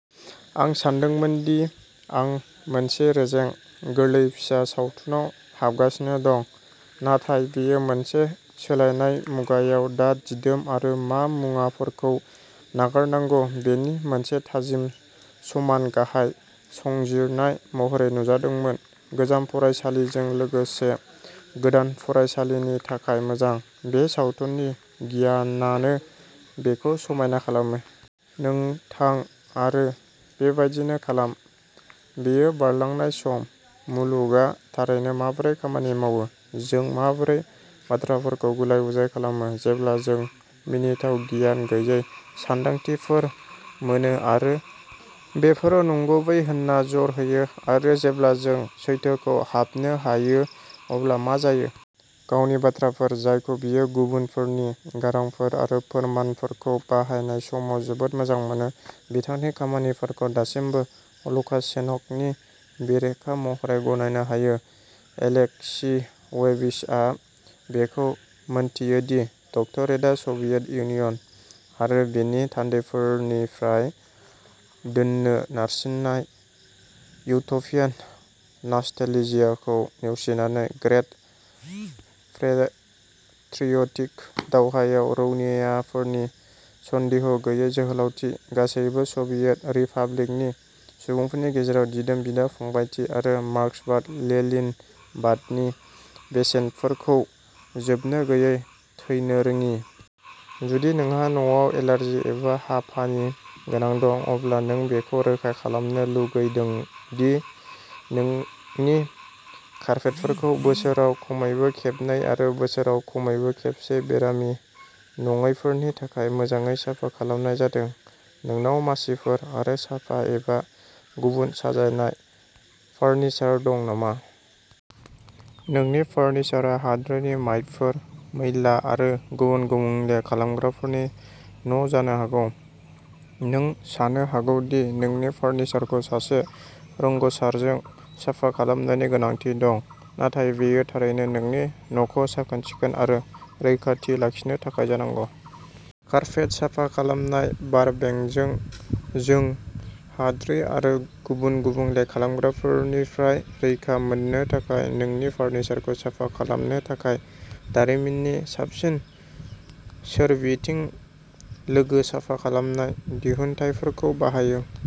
आं सानदोंमोन दि आं मोनसे रेजें, गोरलै फिसा सावथुनाव हाबगासिनो दं, नाथाय बेयो मोनसे सोलायनाय मुगायाव दा दिदोम आरो मा मुवाफोरखौ नागारनांगौ बेनि मोनसे थाजिम समान-गाहाय संजिरनाय महरै नुजादोंमोन। गोजाम फरायसालिजों लोगोसे गोदान फरायसालिनि थाखाय मोजां, बे सावथुननि गियानानो बेखौ समायना खालामो। नों थां आरो बेबायदिनो खालाम। बेयो बारलांनाय सम, मुलुगआ थारैनो माबोरै खामानि मावो, जों माबोरै बाथ्राफोरखौ गुलाय-गुजाय खालामो जेब्ला जों मिनिथाव गियान गैयै सानदांथिफोर मोनो आरो बेफोरो नंगुबै होनना जर होयो, आरो जेब्ला जों सैथोखौ हाबनो होयो अब्ला मा जायो। गावनि बाथ्राफोर, जायखौ बियो गुबुनफोरनि गारांफोर आरो फोरमानफोरखौ बाहायनाय समाव जोबोद मोजां मोनो, बिथांनि खामानिफोरखौ दासिमबो लुकाशेन्क'नि बेरेखा महरै गनायनो हायो। एलेक्सियेविचआ बेखौ मोनथियो दि डक्टरेतआ सभियेट इउनियन आरो बेनि थान्दैफोरनिफ्राय दोननो नारसिननाय इउटोपियान नास्टेलजियाखौ नेवसिनानै-- ग्रेट प्रेट्रियटिक दावहायाव रौनियाफोरनि सन्देह गैयै जोहोलावथि, गासैबो सभियेट रिपाब्लिकनि सुबुंफोरनि गेजेराव दिदोम बिदा-फंबायथि, आरो मार्क्सबाद-लेनिनबादनि बेसेनफोरनि जोबनोगैयै थैरोङि। जुदि नोंहा न'आव एलार्जि एबा हापानि गोनां दं, अब्ला नों बेखौ रोखा खालामनो लुगैदों दि नोंनि कारपेटफोरखौ बोसोराव खमैबो खेबनै आरो बोसोराव खमैबो खेबसे बेरामि नङैफोरनि थाखाय मोजाङै साफा खालामनाय जादों। नोंनाव मासिफोर आरो साफा एबा गुबुन साजायनाय फार्निचार दं नामा? नोंनि फार्निचारआ हाद्रिनि माइटफोर, मैला आरो गुबुन गुबुंले खालामग्राफोरनि न'जानो हागौ। नों सानो हागौ दि नोंनि फार्निचारखौ सासे रोंग'सारजों साफा खालामनायनि गोनांथि दं, नाथाय बेयो थारैनो नोंनि न'खौ साखोन-सिखोन आरो रैखाथि लाखिनो थाखाय जानांगौ। कारपेट साफा खालामनाय बारबेंकजों, जों हाद्रि आरो गुबुन गुबुंले खालामग्राफोरनिफ्राय रैखा मोननो थाखाय नोंनि फार्निचारखौ साफा खालामनो थाखाय दारिमिननि साबसिन सोरबिथिं-लोगो साफा खालामनाय दिहुनथायफोरखौ बाहायो।